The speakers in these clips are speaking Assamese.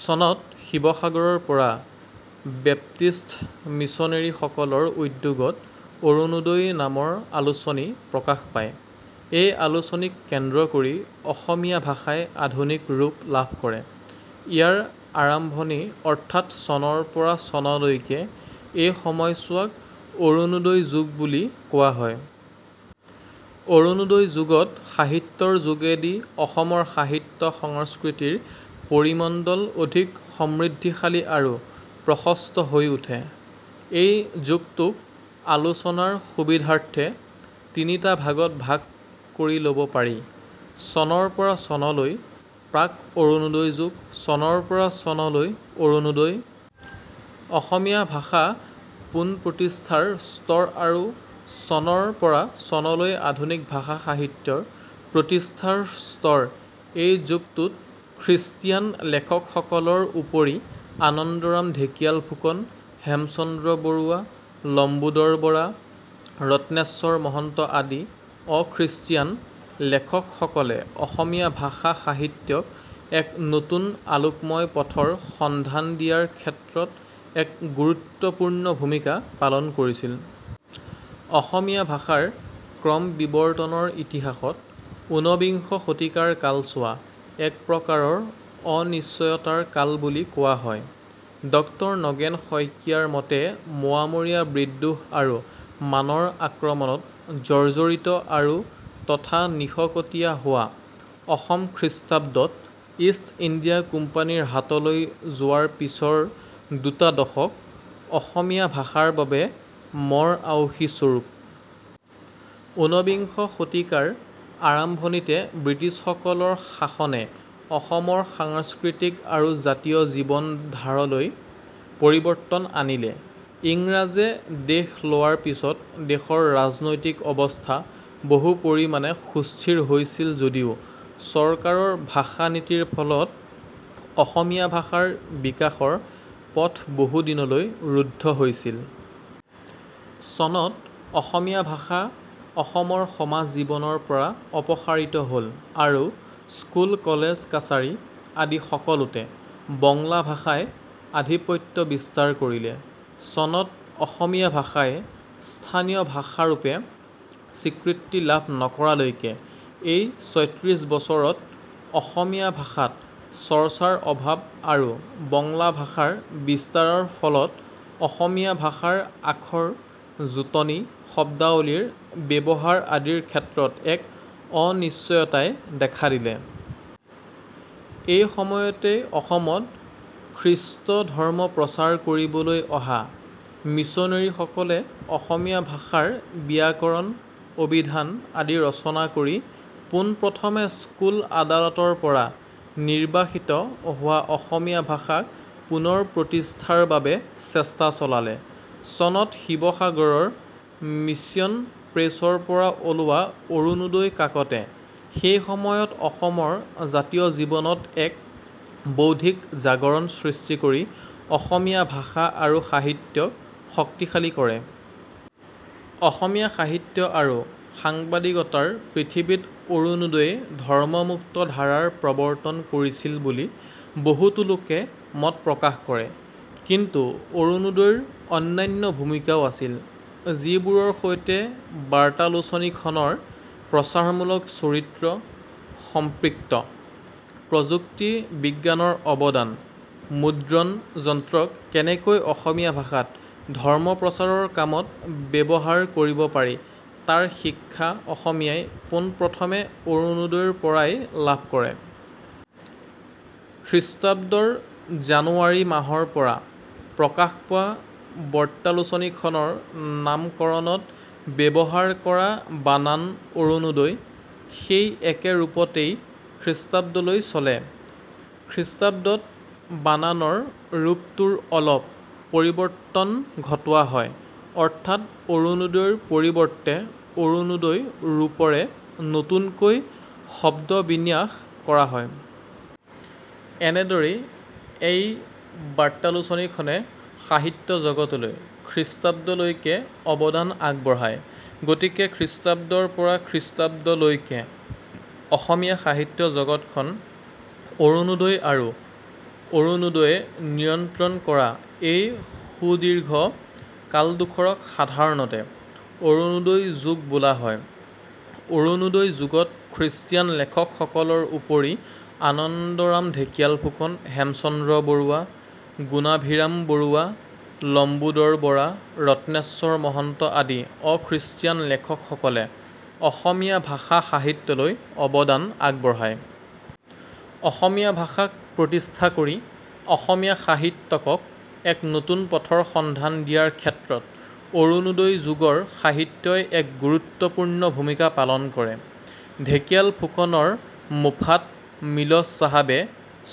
চনত শিৱসাগৰৰ পৰা বেপ্তিষ্ট মিছনেৰীসকলৰ উদ্যোগত ' অৰুণোদই ' নামৰ আলোচনী প্ৰকাশ পায়। এই আলোচনীক কেন্দ্ৰ কৰি অসমীয়া ভাষাই আধুনিক ৰূপ লাভ কৰে। ইয়াৰ আৰম্ভণি অৰ্থাৎ চনৰ পৰা চনলৈকে এই সময়চোৱাক অৰুণোদয় যুগ বুলি কোৱা হয়। অৰুণোদয় যুগত সাহিত্যৰ যোগেদি অসমৰ সাহিত্য সংস্কৃতিৰ পৰিমণ্ডল অধিক সমৃদ্ধিশালী আৰু প্ৰশস্ত হৈ উঠে। এই যুগটোক আলোচনাৰ সুবিধাৰ্থে তিনিটা ভাগত ভাগ কৰি ল'ব পাৰি৷ চনৰ পৰা চনলৈ প্ৰাক্-অৰুণোদয় যুগ৷ চনৰ পৰা চনলৈ অৰুণোদয়ঃ অসমীয়া ভাষা পুনঃ প্ৰতিষ্ঠাৰ স্তৰ আৰু চনৰ পৰা চনলৈ আধুনিক ভাষা-সাহিত্যৰ প্ৰতিষ্ঠাৰ স্তৰ এই যুগটোত খ্ৰীষ্টিয়ান লেখকসকলৰ উপৰি আনন্দৰাম ঢেকিয়াল ফুকন, হেমচন্দ্ৰ বৰুৱা, লম্বোদৰ বৰা, ৰত্নেশ্বৰ মহন্ত আদি অখ্ৰীষ্টিয়ান লেখকসকলে অসমীয়া ভাষা-সাহিত্যক এক নতুন আলোকময় পথৰ সন্ধান দিয়াৰ ক্ষেত্ৰত এক গুৰুত্বপূৰ্ণ ভূমিকা পালন কৰিছিল। অসমীয়া ভাষাৰ ক্ৰমবিৱৰ্তনৰ ইতিহাসত ঊনবিংশ শতিকাৰ কালছোৱা একপ্ৰকাৰৰ অনিশ্চয়তাৰ কাল বুলি কোৱা হয়। ড নগেন শইকীয়াৰ মতে মোৱামৰীয়া বিদ্ৰোহ আৰু মানৰ আক্ৰমণত জৰ্জড়িত আৰু তথা নিশকটীয়া হোৱা অসম খ্ৰীষ্টাব্দত ইষ্ট ইণ্ডিয়া কোম্পানীৰ হাতলৈ যোৱাৰ পিছৰ দুটা দশক অসমীয়া ভাষাৰ বাবে মৰ-আঁউসী স্বৰূপ। ঊনবিংশ শতিকাৰ আৰম্ভণিতে ব্ৰিটিছসকলৰ শাসনে অসমৰ সাংস্কৃতিক আৰু জাতীয় জীৱনধাৰলৈ পৰিৱৰ্তন আনিলে। ইংৰাজে দেশ লোৱাৰ পিছত দেশৰ ৰাজনৈতিক অৱস্থা বহু পৰিমাণে সুস্থিৰ হৈছিল যদিও চৰকাৰৰ ভাষা-নীতিৰ ফলত অসমীয়া ভাষাৰ বিকাশৰ পথ বহুদিনলৈ ৰুদ্ধ হৈছিল। চনত অসমীয়া ভাষা অসমৰ সমাজ জীৱনৰ পৰা অপসাৰিত হ'ল আৰু স্কুল, কলেজ, কাছাৰী আদি সকলোতে বঙলা ভাষাই আধিপত্য বিস্তাৰ কৰিলে। চনত অসমীয়া ভাষাই স্থানীয় ভাষাৰূপে স্বীকৃতি লাভ নকৰালৈকে এই ছয়ত্ৰিশ বছৰত অসমীয়া ভাষাত চৰ্চাৰ অভাৱ আৰু বঙলা ভাষাৰ বিস্তাৰৰ ফলত অসমীয়া ভাষাৰ আখৰ জোঁটনি, শব্দাৱলীৰ ব্যৱহাৰ আদিৰ ক্ষেত্ৰত এক অনিশ্চয়তাই দেখা দিলে। এই সময়তে অসমত খ্ৰীষ্টধৰ্ম প্ৰচাৰ কৰিবলৈ অহা মিছনেৰীসকলে অসমীয়া ভাষাৰ ব্যাকৰণ, অভিধান আদি ৰচনা কৰি পোন প্ৰথমে স্কুল আদালতৰ পৰা নিৰ্বাসিত হোৱা অসমীয়া ভাষাক পুনঃ প্ৰতিষ্ঠাৰ বাবে চেষ্টা চলালে। চনত শিৱসাগৰৰ 'মিশ্যন প্ৰেছ'ৰ পৰা ওলোৱা অৰুনোদই কাকতে সেইসময়ত অসমৰ জাতীয় জীৱনত এক বৌদ্ধিক জাগৰণ সৃষ্টি কৰি অসমীয়া ভাষা আৰু সাহিত্যক শক্তিশালী কৰে। অসমীয়া সাহিত্য আৰু সাংবাদিকতাৰ পৃথিৱীত অৰুনোদইয়ে ধৰ্মমুক্ত ধাৰাৰ প্ৰৱৰ্তন কৰিছিল বুলি বহুতো লোকে মত প্ৰকাশ কৰে। কিন্তু অৰুনোদইৰ অন্যান্য ভূমিকাও আছিল; যিবোৰৰ সৈতে বাৰ্তালোচনীখনৰ প্ৰচাৰমূলক চৰিত্ৰ সম্পৃক্ত। প্ৰযুক্তি বিজ্ঞানৰ অৱদান, মুদ্ৰণ যন্ত্ৰক কেনেকৈ অসমীয়া ভাষাত ধৰ্মপ্ৰচাৰৰ কামত ব্যৱহাৰ কৰিব পাৰি তাৰ শিক্ষা অসমীয়াই পোন প্ৰথমে অৰুনোদইৰ পৰাই লাভ কৰে। খ্ৰীঃৰ জানুৱাৰী মাহৰ পৰা প্ৰকাশ পোৱা বৰ্তালোচনীখনৰ নামকৰণত ব্যৱহাৰ কৰা বানান অৰুনোদই, সেই একে ৰূপতেই খ্ৰীঃলৈ চলে। খ্ৰীঃত বানানৰ ৰূপটোৰ অলপ পৰিৱৰ্তন ঘটোৱা হয়; অৰ্থাৎ অৰুনোদইৰ পৰিৱৰ্তে অৰুণোদয় ৰূপৰে নতুনকৈ শব্দবিন্যাস কৰা হয়। এনেদৰেই এই বাৰ্তালোচনীখনে সাহিত্য-জগতলৈ খ্ৰীঃলৈকে অৱদান আগবঢ়ায়। গতিকে খ্ৰীঃৰ পৰা খ্ৰীঃলৈকে অসমীয়া সাহিত্য জগতখন অৰুনোদই আৰু অৰুণোদয়ে নিয়ন্ত্ৰণ কৰা এই সুদীৰ্ঘ কালডোখৰক সাধাৰণতে অৰুণোদয় যুগ বোলা হয়। অৰুণোদয় যুগত খ্ৰীষ্টিয়ান লেখকসকলৰ উপৰি আনন্দৰাম ঢেকিয়াল ফুকন, হেমচন্দ্ৰ বৰুৱা, গুণাভিৰাম বৰুৱা, লম্বোদৰ বৰা, ৰত্নেশ্বৰ মহন্ত আদি অখ্ৰীষ্টিয়ান লেখকসকলে অসমীয়া ভাষা-সাহিত্যলৈ অৱদান আগবঢ়ায়। অসমীয়া ভাষাক প্ৰতিষ্ঠা কৰি অসমীয়া সাহিত্যিকক এক নতুন পথৰ সন্ধান দিয়াৰ ক্ষেত্ৰত অৰুণোদয় যুগৰ সাহিত্যই এক গুৰুত্বপূৰ্ণ ভূমিকা পালন কৰে। ঢেকিয়াল ফুকনৰ মোফাত মিলচ চাহাবে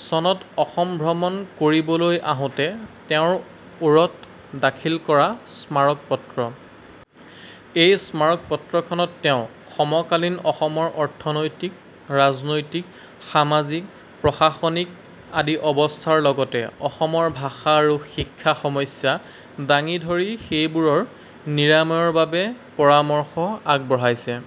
চনত অসম ভ্ৰমণ কৰিবলৈ আহোঁতে, তেওঁৰ ওৰত দাখিল কৰা স্মাৰকপত্ৰ। এই স্মাৰকপত্ৰখনত তেওঁ সমকালীন অসমৰ অৰ্থনৈতিক, ৰাজনৈতিক, সামাজিক, প্ৰশাসনিক আদি অৱস্থাৰ লগতে অসমৰ ভাষা আৰু শিক্ষা সমস্যা দাঙি ধৰি সেইবোৰৰ নিৰাময়ৰ বাবে পৰামৰ্শ আগবঢ়াইছে।